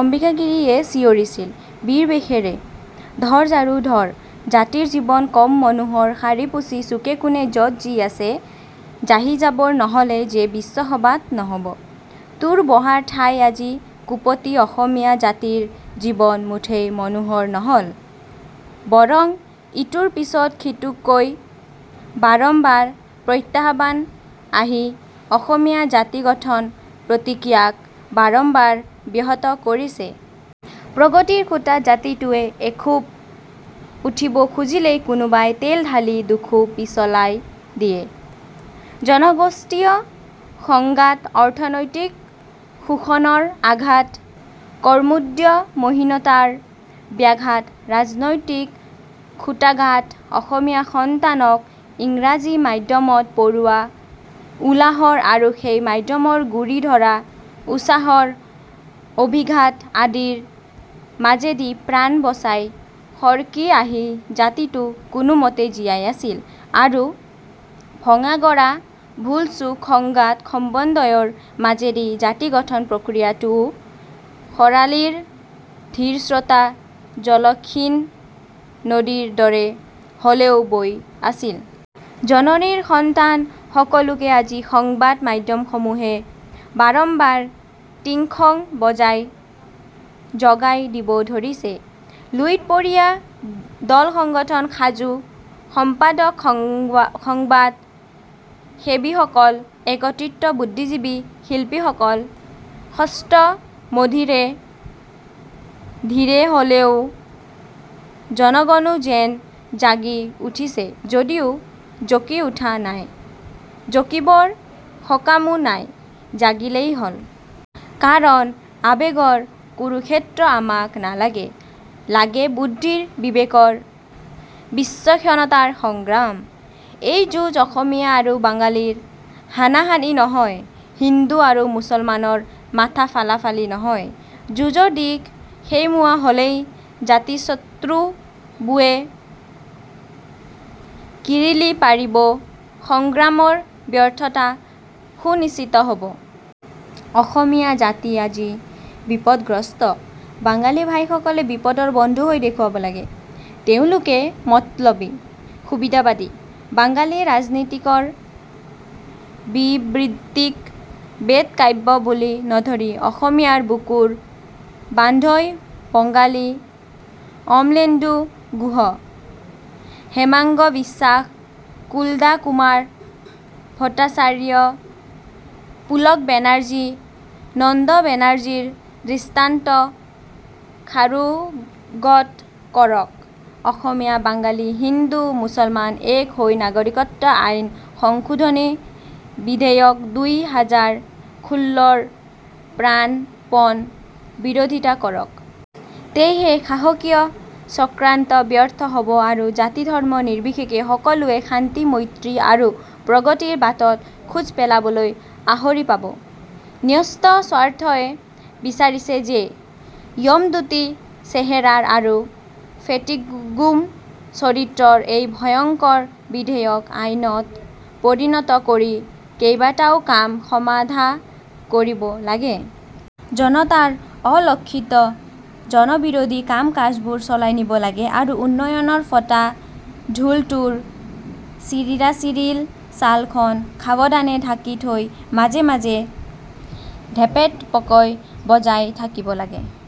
অম্বিকাগিৰীয়ে চিঞৰিছিল বীৰ বেশেৰে ধৰ ঝাড়ু ধৰ জাতিৰ জীৱন কম মনোহৰ সাৰিপুছি চুকেকোণে যত যি আছে জাহিজাবৰ নহলে যে বিশ্বসভাত নহব। তোৰ বহাৰ ঠাই আজি কোপতি অসমীয়া জাতিৰ জীৱন মুঠেই মনোহৰ নহল। বৰং ইটোৰ পিছত সিটোকৈ বাৰম্বাৰ প্ৰত্যাহ্বান আহি অসমীয়া জাতিগঠন প্ৰতিক্ৰিয়াক বাৰম্বাৰ ব্যাহত কৰিছে। প্ৰগতিৰ খুঁটাত জাতিটোৱে এখোপ উঠিব খুজিলেই কোনোবাই তেল ঢালি দুখোপ পিছলাই দিয়ে। জনগোষ্ঠীয় সংঘাত অৰ্থনৈতিক শোষণৰ আঘাত কৰ্মোদ্য মহীনতাৰ ব্যাঘাত ৰাজনৈতিক খুটাঘাত অসমীয়া সন্তানক ইংৰাজী মাধ্যমত পৰোওৱা উলাহৰ আৰু সেই মাধ্যমৰ গুৰি ধৰা উছাহৰ অভিঘাত আদিৰ মাজেদি প্ৰাণ বচাই সৰকি আহি জাতিটো কোনোমতে জীয়াই আছিল আৰু ভঙাগঢ়া ভুলচুক সংঘাত সমধন্বয়ৰ মাজেদি জাতিগঠন প্ৰক্ৰিয়াটোৱো খৰালিৰ ধীৰস্ৰতা জলক্ষীণ নদীৰ দৰে হলেও বৈ আছিল। জননীৰ সন্তান সকলোকে আজি সংবাদ মাধ্যমসমূহে বাৰম্বাৰ টিংখং বজাই জগাই দিব ধৰিছে লুইতপৰীয়া দলসংগঠন সাজু সম্পাদক সংবাদ সেৱীসকল একত্ৰিত বুদ্ধিজীৱী শিল্পীসকল সষ্ট মধীৰে ধীৰে হলেও জনগণো যেন জাগি উঠিছে যদিও জঁকি উঠা নাই। জঁকিবৰ সকামো নাই জাগিলেই হল। কাৰণ আৱেগৰ কুৰুক্ষেত্ৰ আমাক নালাগে লাগে বুদ্ধিৰ বিবেকৰ বিচক্ষণতাৰ সংগ্ৰাম। এই যুঁজ অসমীয়া আৰু বাঙালীৰ হানাহানি নহয় হিন্দু আৰু মুছলমানৰ মাথা ফালাফলি নহয়। যুঁজৰ দিশ সেইমুৱা হলেই জাতিশত্ৰুৱুৱে কিৰিলি পাৰিব সংগ্ৰামৰ ব্যৰ্থতা সুনিশ্চিত হব। অসমীয়া জাতি আজি বিপদগ্ৰস্ত, বাঙালী ভাইসকলে বিপদৰ বন্ধু হৈ দেখুৱাব লাগে। তেওঁলোকে মতলবী সুবিধাবাদী বাঙালী ৰাজনীতিকৰ বিবৃতিক বেদকাব্য বুলি নধৰি অসমীয়াৰ বুকুৰ বান্ধৈ বাঙালী অমলেন্দু গুহ, হেমাংগ বিশ্বাস, কুলদা কুমাৰ ভট্টাচাৰ্য, পুলক বেনাৰ্জী, নন্দ বেনাৰ্জীৰ দৃষ্টান্ত সাৰোগত কৰক অসমীয়া, বাঙালী হিন্দু-মুছলমান এক হৈ নাগৰিকত্ব আইন সংশোধনী বিধেয়ক দুই হাজাৰ ষোল্ল ৰ প্ৰাণপণ বিৰোধিতা কৰক। তেহে শাসকীয় চক্ৰান্ত ব্যৰ্থ হব আৰু জাতিধৰ্ম নিৰ্বিশেষে সকলোৱে শান্তি মৈত্ৰী আৰু প্ৰগতিৰ বাটত খোজ পেলাবলৈ আহৰি পাব। ন্যস্ত স্বাৰ্থই বিচাৰিছে যে য়মদূতী চেহেৰাৰ আৰু ফেঁটীগোম চৰিত্ৰৰ এই ভয়ংকৰ বিধেয়ক আইনত পৰিণত কৰি কেবাটাও কাম সমাধা কৰিব লাগে। জনতাৰ অলক্ষিত' জনবিৰোধী কামকাজবোৰ চলাই নিব লাগে আৰু উন্নয়নৰ ফটা ঢোলটোৰ ছিৰিলাছিৰিল ছালখন সাৱধানে ঢাকি থৈ মাজে মাজে ধেপ্ধেপকৈ বজাই থাকিব লাগে।